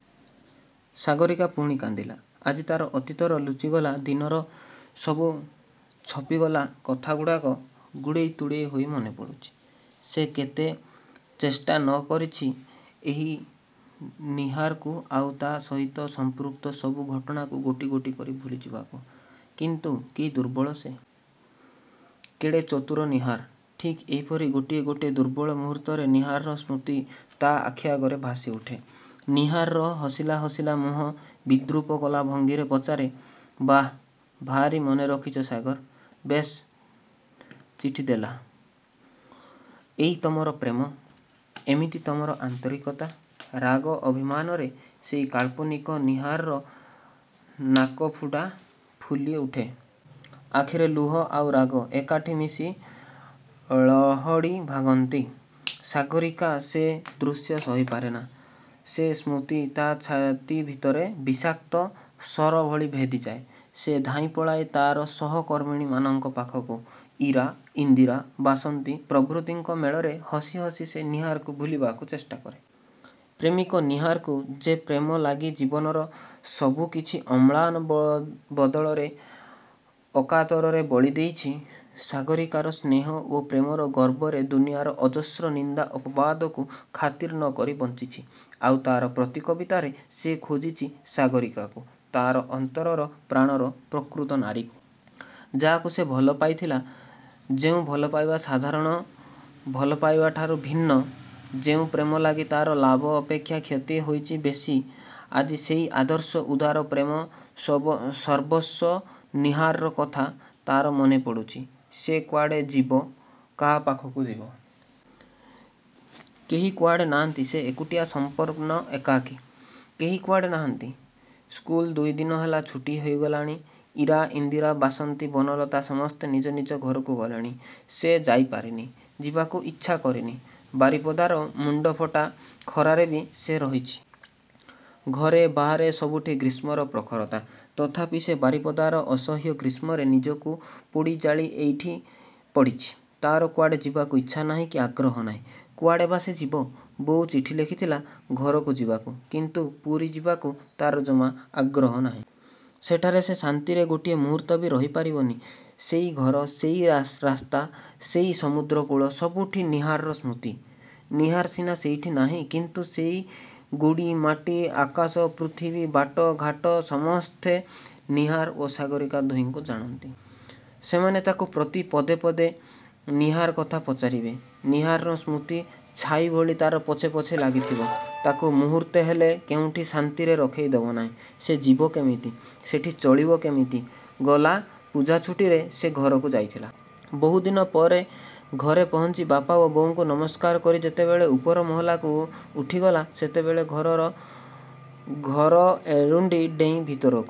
ସାଗରୀକା ପୁଣି କାନ୍ଦିଲା। ଆଜି ତା'ର ଅତୀତର ଲୁଚିଗଲା ଦିନର ସବୁ ଛପିଗଲା କଥାଗୁଡ଼ାକ ଗୁଡ଼େଇ ତୁଡ଼େଇ ହୋଇ ମନେପଡ଼ୁଛି। ସେ କେତେ। ଚେଷ୍ଟା ନ କରିଛି ଏହି ନୀହାରକୁ ଆଉ ତା' ସହିତ ସଂପୃକ୍ତ ସବୁ ଘଟଣାକୁ ଗୋଟି ଗୋଟି କରି ଭୁଲିଯିବାକୁ। କିନ୍ତୁ କି ଦୁର୍ବଳ ସେ। କେଡ଼େ ଚତୁର ନୀହାର। ଠିକ୍ ଏଇପରି ଗୋଟିଏ ଗୋଟିଏ ଦୁର୍ବଳ ମୁହୂର୍ତ୍ତରେ ନୀହାରର ସ୍ମୃତି ତା' ଆଖି ଆଗରେ ଭାସି ଉଠେ। ନୀହାରର ହସିଲା ହସିଲା ମୁହଁ ବିଦ୍ରୂପ କଲା ଭଙ୍ଗୀରେ ପଚାରେ–''ବାଃ ଭାରୀ ମନେରଖିଛ ସାଗର–ବେଶ୍ ଚିଠି ଦେଲ। ଏଇ ତମର ପ୍ରେମ–ଏମିତି ତମର ଆନ୍ତରିକତା''–ରାଗ ଅଭିମାନରେ ସେଇ କାଳ୍ପନିକ ନୀହାରର ନାକପୁଡ଼ା ଫୁଲି ଉଠେ। ଆଖିରେ ଲୁହ ଆଉ ରାଗ ଏକାଠି ମିଶି ଳହଡ଼ି ଭାଙ୍ଗନ୍ତି। ସାଗରୀକା ସେ ଦୃଶ୍ୟ ସହିପାରେନା। ସେ ସ୍ମୃତି ତା' ଛାତି ଭିତରେ ବିଷାକ୍ତ ଶର ଭଳି ଭେଦିଯାଏ। ସେ ଧାଇଁ ପଳାଏ ତା'ର ସହକର୍ମିଣୀମାନଙ୍କ ପାଖକୁ। ଇରା, ଇନ୍ଦିରା, ବାସନ୍ତୀ ପ୍ରଭୃତିଙ୍କ ମେଳରେ ହସି ହସି ସେ ନୀହାରକୁ ଭୁଳିବାକୁ ଚେଷ୍ଟା କରେ। ପ୍ରେମିକ ନୀହାରକୁ। ଯେ ପ୍ରେମ ଲାଗି ଜୀବନର ସବୁ କିଛି ଅମ୍ଳାନ ବଦନରେ ଅକାତରରେ ବଳି ଦେଇଛି। ସାଗରୀକାର ସ୍ନେହ ଓ ପ୍ରେମର ଗର୍ବରେ ଦୁନିଆର ଅଜସ୍ର ନିନ୍ଦା ଅପବାଦକୁ ଖାତିର୍ ନ କରି ବଞ୍ଚିଛି। ଆଉ ତା'ର ପ୍ରତି କବିତାରେ ସେ ଖୋଜିଛି ସାଗରୀକାକୁ, ତା'ର ଅନ୍ତରର ପ୍ରାଣର ପ୍ରକୃତ ନାରୀକୁ। ଯାହାକୁ ସେ ଭଲପାଇଥିଲା। ଯେଉଁ ଭଲପାଇବା ସାଧାରଣ ଭଲପାଇବା ଠାରୁ ଭିନ୍ନ। ଯେଉଁ 'ପ୍ରେମ' ଲାଗି ତା'ର ଲାଭ ଅପେକ୍ଷା କ୍ଷତି ହୋଇଛି ବେଶୀ। ଆଜି ସେଇ ଆଦର୍ଶ ଉଦାର ପ୍ରେମ-ସର୍ବସ୍ୱ ନୀହାରର କଥା ତା'ର ମନେପଡ଼ୁଛି। ସେ କୁଆଡ଼େ ଯିବ। କାହା ପାଖକୁ ଯିବ। କେହି କୁଆଡ଼େ ନାହାନ୍ତି। ସେ ଏକୁଟିଆ ସମ୍ପୂର୍ଣ୍ଣ ଏକାକୀ। କେହି କୁଆଡ଼େ ନାହାନ୍ତି। ସ୍କୁଲ ଦୁଇ ଦିନ ହେଲା ଛୁଟି ହୋଇଗଲାଣି। ଇରା, ଇନ୍ଦିରା, ବାସନ୍ତୀ, ବନଲତା ସମସ୍ତେ ନିଜ ନିଜ ଘରକୁ ଗଲେଣି। ସେ ଯାଇପାରିନି। ଯିବାକୁ ଇଚ୍ଛା କରିନି-। ବାରିପଦାର ମୁଣ୍ଡଫଟା ଖରାରେ ବି ସେ ରହିଛି। ଘରେ ବାହାରେ ସବୁଠି ଗ୍ରୀଷ୍ମର ପ୍ରଖରତା-। ତଥାପି ସେ ବାରିପଦାର ଅସହ୍ୟ ଗ୍ରୀଷ୍ମରେ ନିଜକୁ ପୋଡ଼ି ଜାଳି ଏଇଠି ପଡ଼ିଛି। ତା'ର କୁଆଡ଼େ ଯିବାକୁ ଇଚ୍ଛା ନାହିଁ କି ଆଗ୍ରହ ନାହିଁ। କୁଆଡ଼େ ବା ସେ ଯିବ। ବୋଉ ଚିଠି ଲେଖିଥିଲା; ଘରକୁ ଯିବାକୁ। କିନ୍ତୁ ପୁରୀ ଯିବାକୁ ତା'ର ଜମା ଆଗ୍ରହ ନାହିଁ। ସେଠାରେ ସେ ଶାନ୍ତିରେ ଗୋଟିଏ ମୁହୂର୍ତ୍ତ ବି ରହିପାରିବନି। ସେଇ ଘର, ସେଇ ରାସ୍ତା, ସେଇ ସମୁଦ୍ରକୂଳ ସବୁଠି ନୀହାରର ସ୍ମୃତି। ନୀହାର ସିନା ସେଇଠି ନାହିଁ। କିନ୍ତୁ ସେଇ ଗୋଡ଼ି ମାଟି, ଆକାଶ ପୃଥିବୀ, ବାଟଘାଟ ସମସ୍ତେ ନୀହାର ଓ ସାଗରୀକା ଦୁହିଁଙ୍କୁ ଜାଣନ୍ତି। ସେମାନେ ତାକୁ ପ୍ରତି ପଦେ ପଦେ ନୀହାର କଥା ପଚାରିବେ-। ନୀହାରର ସ୍ମୃତି ଛାଇ ଭଲି ତା'ର ପଛେ ପଛେ ଲାଗିଥିବ। ତାକୁ ମୁହୂର୍ତ୍ତେ ହେଲେ କେଉଁଠି ଶାନ୍ତିରେ ରଖେଇ ଦେବନାହିଁ। ସେ ଯିବ କେମିତି? ସେଠି ଚଳିବ କେମିତି? ଗଲା ପୂଜା ଛୁଟିରେ ସେ ଘରକୁ ଯାଇଥିଲା। ବହୁ ଦିନ ପରେ ଘରେ ପହଞ୍ଚି ବାପା ଓ ବୋଉଙ୍କୁ ନମସ୍କାର କରି ଯେତେବେଳେ ଉପର ମହଲାକୁ ଉଠିଗଲା, ସେତେବେଳେ ଉପର ଘର ଏରୁଣ୍ଡି ଡେଇଁ ଭିତରକୁ